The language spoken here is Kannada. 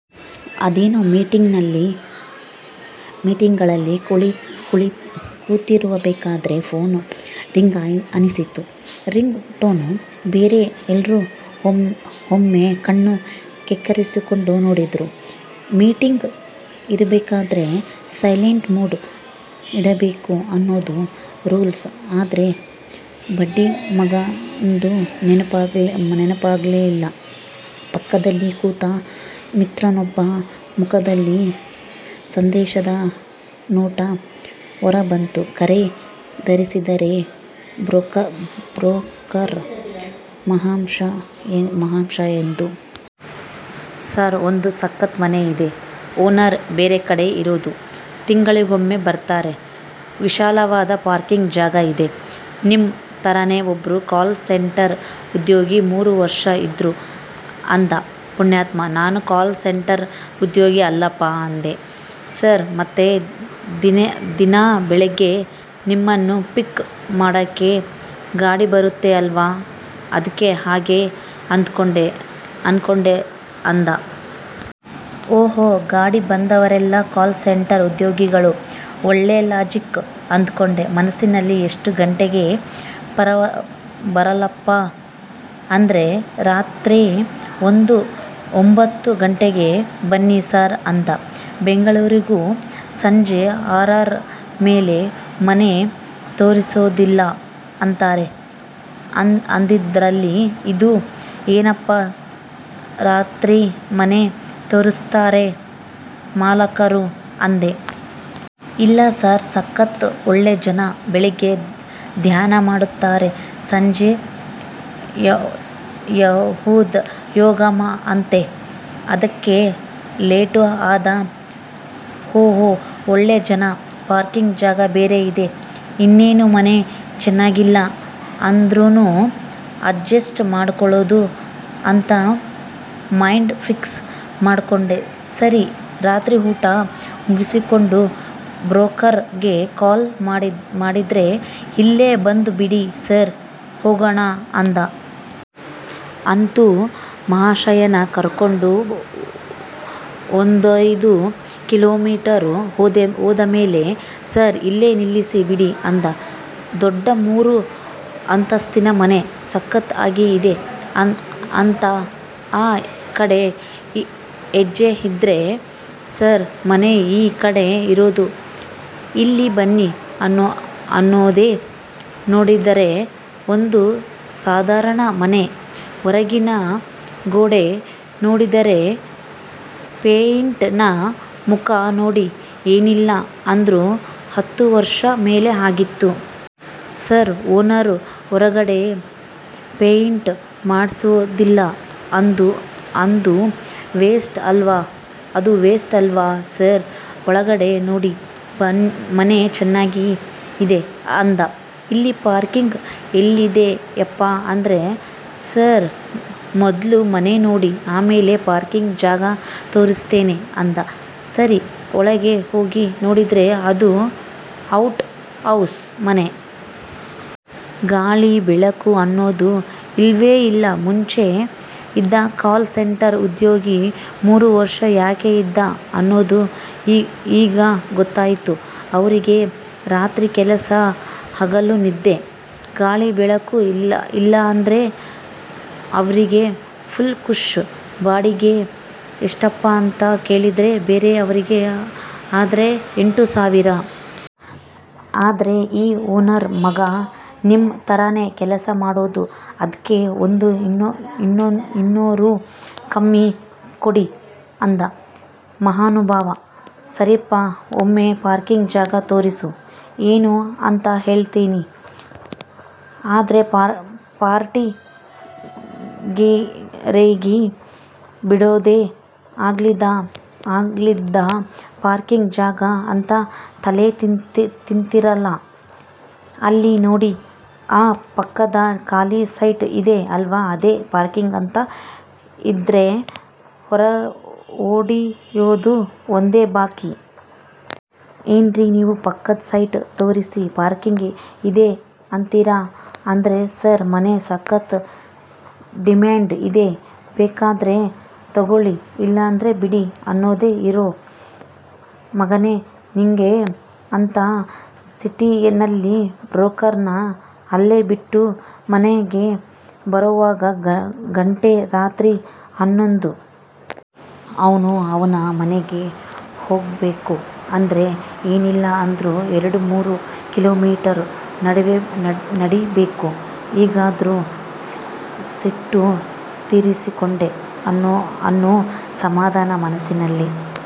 ಅದೇನೋ ಮೀಟಿಂಗಲ್ಲಿ ಕೂತಿರಬೇಕಾದ್ರೆ ಫೋನ್ ರಿಂಗಾಯಿಸಿತು. ರಿಂಗ್ ಟೋನ್ ಬೇರೆ. ಎಲ್ರೂ ಒಮ್ಮೆ ಕಣ್ಣು ಕೆಕ್ಕರಿಸ್ಕೊಂಡು ನೋಡಿದ್ರು. ಮೀಟಿಂಗ್ ಇರ್ಬೇಕಾದ್ರೆ ಸೈಲೆಂಟ್ ಮೋಡ್ ಇಡಬೇಕು ಅನ್ನೋದು ರೂಲ್ಸ್, ಆದ್ರೆ ಬಡ್ಡಿಮಗಂದು ನೆನಪಾಗಲ್ವೆ ಪಕ್ಕದಲ್ಲೇ ಕೂತ ಮಿತ್ರನೊಬ್ಬನ ಮುಖದಲ್ಲಿ ಸಂದೇಹದ ನೋಟ. ಹೊರಬಂದು ಕರೆ ಉತ್ತರಿಸಿದರೆ ಬ್ರೋಕರ್ ಮಹಾಶಯಂದು. ಸಾರ್ ಒಂದು ಸಕ್ಕತ್ ಮನೆ ಇದೆ. ಓನರ್ ಬೇರೆ ಕಡೆ ಇರೋದು, ತಿಂಗಳಿಗೊಮ್ಮೆ ಬರ್ತಾರೆ, ವಿಶಾಲವಾದ ಪಾರ್ಕಿಂಗ್ ಜಾಗ ಇದೆ, ನಿಮ್ ತರಾನೆ ಒಬ್ರು ಕಾಲ್ ಸೆಂಟರ್ ಉದ್ಯೋಗಿ ಮೂರು ವರ್ಷ ಇದ್ರು, ಅಂದ. ಪುಣ್ಯಾತ್ಮ ನಾನು ಕಾಲ್ ಸೆಂಟರ್ ಉದ್ಯೋಗಿ ಅಲ್ಲಪ್ಪ ಅಂದೆ. ಸರ್ ಮತ್ತೆ ದಿನ ಬೆಳಗ್ಗೆ ನಿಮ್ಮನ್ನ ಪಿಕ್ ಮಾಡಕ್ಕೆ ಗಾಡಿ ಬರತ್ತೆ ಅಲ್ವಾ ಅದ್ಕೆ ಹಾಗೆ ಅಂದ್ಕೊಂಡೆ ಅಂದ. ಓಹೋ ಗಾಡಿ ಬಂದವರೆಲ್ಲ ಕಾಲ್ ಸೆಂಟರ್ ಉದ್ಯೋಗಿಗಳು. ಒಳ್ಳೇ ಲಾಜಿಕ್ ಅಂದ್ಕೊಂಡೆ ಮನಸ್ಸಿನಲ್ಲಿ. ಎಷ್ಟು ಗಂಟೆಗೆ ಬರಲಪ್ಪ ಅಂದ್ರೆ ರಾತ್ರೆ ಒಂದು ಒಂಭತ್ತು ಗಂಟೆಗೆ ಬನ್ನಿ ಸಾರ್ ಅಂದ. ಬೆಂಗಳೂರಿಗರು ಸಂಜೆ ಆರರ ಮೇಲೆ ಮನೆ ತೋರಿಸೋದಿಲ್ಲ ಅಂತಾರೆ, ಅಂತದ್ರಲ್ಲಿ ಇದು ಏನಪ್ಪಾ ರಾತ್ರೆ ಮನೆ ತೋರಿಸ್ತಾರೆ ಮಾಲಕರು ಅಂದೆ. ಇಲ್ಲಾ ಸಾರ್ ಸಕತ್ ಒಳ್ಳೆ ಜನ, ಬೆಳಗ್ಗೆ ಧ್ಯಾನ ಮಾಡ್ತಾರೆ, ಸಂಜೆ ಯಾವ್ದೋ ಯೋಗ ಅಂತೆ ಅದ್ಕೆ ಲೇಟು ಅಂದ. ಓಹೋ ಒಳ್ಳೆ ಜನ, ಪಾರ್ಕಿಂಗ್ ಜಾಗ ಬೇರೆ ಇದೆ, ಇನ್ನೇನು ಮನೆ ಚೆನಾಗಿಲ್ಲ ಅಂದ್ರೂನು ಅಡ್ಜಸ್ಟ್ ಮಾಡ್ಕೊಳ್ಳೋದು ಅಂತ ಮೈಂಡ್ ಫಿಕ್ಸ್ ಮಾಡ್ಕೊಂಡೆ. ಸರೀ ರಾತ್ರಿ ಊಟ ಮುಗಿಸ್ಕೊಂಡು ಬ್ರೋಕರ್ ಗೆ ಕಾಲ್ ಮಾಡಿದ್ರೆ ಇಲ್ಲೇ ಬಂದ್ ಬಿಡಿ ಸಾರ್ ಹೋಗೋಣ ಅಂದ. ಅಂತು ಮಹಾಶಯನ ಕರ್ಕೊಂಡು ಒಂದೈದು ಕಿಲೋಮೀಟರು ಹೋದ ಮೇಲೆ ಸಾರ್ ಇಲ್ಲೇ ನಿಲ್ಲಿಸಿ ಬಿಡಿ ಅಂದ. ದೊಡ್ಡ ಮೂರು ಅಂತಸ್ತಿನ ಮನೆ. ಸಕತ್ ಆಗಿ ಇದೆ ಅಂತ ಆ ಕಡೆ ಹೆಜ್ಜೆ ಇದ್ರೆ, ಸಾರ್ ಮನೆ ಈ ಕಡೆ ಇರೋದು ಇಲ್ಲಿ ಬನ್ನಿ ಅನ್ನೋದೆ? ನೋಡಿದರೆ ಒಂದು ಸಾದಾರಣ ಮನೆ, ಹೊರಗಿನ ಗೋಡೆ ನೋಡಿದರೆ ಪೇಯಿಂಟ್ ನ ಮುಖ ನೋಡಿ ಏನಿಲ್ಲಾ ಅಂದ್ರು ಹತ್ತು ವರ್ಷ ಮೇಲೆ ಆಗಿದೆ. ಸಾರ್ ಓನರ್ ಹೊರಗಡೆ ಪೇಯಿಂಟ್ ಮಾಡಿಸೋದಿಲ್ಲ ಅದು ವೇಸ್ಟ್ ಅಲ್ವಾ ಸಾರ್ ಒಳಗಡೆ ನೋಡಿ ಮನೆ ಚೆನ್ನಾಗಿದೆ ಅಂದ. ಇಲ್ಲಿ ಪಾರ್ಕಿಂಗ್ ಎಲ್ಲಿದೆಯಪ್ಪ ಅಂದ್ರೆ ಸಾರ್ ಮೊದ್ಲು ಮನೆ ನೋಡಿ ಆಮೇಲೆ ಪಾರ್ಕಿಂಗ್ ಜಾಗ ತೋರಿಸ್ತೇನೆ ಅಂದ. ಸರಿ ಒಳಗೆ ಹೋಗಿ ನೋಡಿದ್ರೆ ಅದು ಔಟ್ ಹೌಸ್ ಮನೆ. ಗಾಳಿ ಬೆಳಕು ಅನ್ನೋದು ಇಲ್ವೇ ಇಲ್ಲ. ಮುಂಚೆ ಇದ್ದ ಕಾಲ್ ಸೆಂಟರ್ ಉದ್ಯೋಗಿ ಮೂರು ವರ್ಷ ಯಾಕೆ ಇದ್ದ ಅನ್ನೋದು ಈಗ ಗೊತ್ತಾಯಿತು. ಅವ್ರಿಗೆ ರಾತ್ರೆ ಕೆಲಸ ಹಗಲು ನಿದ್ದೆ, ಗಾಳಿ ಬೆಳಕು ಇಲ್ಲ ಅಂದ್ರೆ ಅವ್ರಿಗೆ ಫುಲ್ ಕುಶ್ ಬಾಡಿಗೆ ಎಷ್ಟಪ್ಪ ಅಂತ ಕೇಳಿದ್ರೆ ಬೇರೆ ಅವ್ರಿಗೆ ಆದ್ರೆ ಎಂಟು ಸಾವಿರ. ಆದ್ರೆ ಈ ಓನರ್ ಮಗ ನಿಮ್ ತರಾನೆ ಕೆಲಸ ಮಾಡೋದು ಅದ್ಕೆ ಒಂದು ಇನ್ನೂರು ಕಮ್ಮಿ ಕೊಡಿ ಅಂದ ಮಹಾನುಭಾವ. ಸರೀಪ್ಪ ಒಮ್ಮೆ ಪಾರ್ಕಿಂಗ್ ಜಾಗ ತೋರಿಸು ಏನು ಅಂತ ಹೇಳ್ತೇನೆ ಅಂದ್ರೆ ಪಾರ್ಟಿ ರೇಗಿ ಬಿಡೋದೇ?. ಆಗ್ಲಿಂದ ಪಾರ್ಕಿಂಗ್ ಜಾಗ ಅಂತ ತಲೆ ತಿನ್ತೀರಲ್ಲ ಅಲ್ಲಿ ನೋಡಿ ಆ ಪಕ್ಕದ ಖಾಲಿ ಸೈಟ್ ಇದೆ ಅಲ್ವಾ, ಅದೇ ಪಾರ್ಕಿಂಗ್ ಅಂತಾ ಇದ್ರೆ ಹೊಡಿಯೋದು ಒಂದೇ ಬಾಕಿ. ಏನ್ರಿ ನೀವು ಪಕ್ಕದ್ ಸೈಟ್ ತೋರಿಸಿ ಪಾರ್ಕಿಂಗ್ ಇದೆ ಅಂತೀರಾ ಅಂದ್ರೆ ಸಾರ್ ಮನೆ ಸಕತ್ ಡಿಮ್ಯಾಂಡ್ ಇದೆ ಬೇಕಾದರೆ ತಗೋಳಿ ಇಲ್ಲಾಂದ್ರೆ ಬಿಡಿ ಅನ್ನೊದೆ.? ಇರು ಮಗನೆ ನಿಂಗೆ ಅಂತ ಸಿಟ್ಟಿನಲ್ಲಿ ಬ್ರೋಕರ್ ನ ಅಲ್ಲೇ ಬಿಟ್ಟು ಮನೆಗೆ ಬರೋವಾಗ ಗಂಟೆ ರಾತ್ರಿ ಹನ್ನೊಂದು. ಅವ್ನು ಅವನ ಮನೆಗೆ ಹೋಗ್ಬೇಕು ಅಂದ್ರೆ ಏನಿಲ್ಲ ಅಂದ್ರು ಎರಡು-ಮೂರು ಕಿಲೋಮೀಟರು ನಡೀಬೇಕು, ಹೀಗಾದ್ರೂ ಸೇಡು ತೀರಿಸ್ಕೊಂಡೆ ಅನ್ನೋ ಸಮಾದಾನ ಮನಸ್ಸಿನಲ್ಲಿ.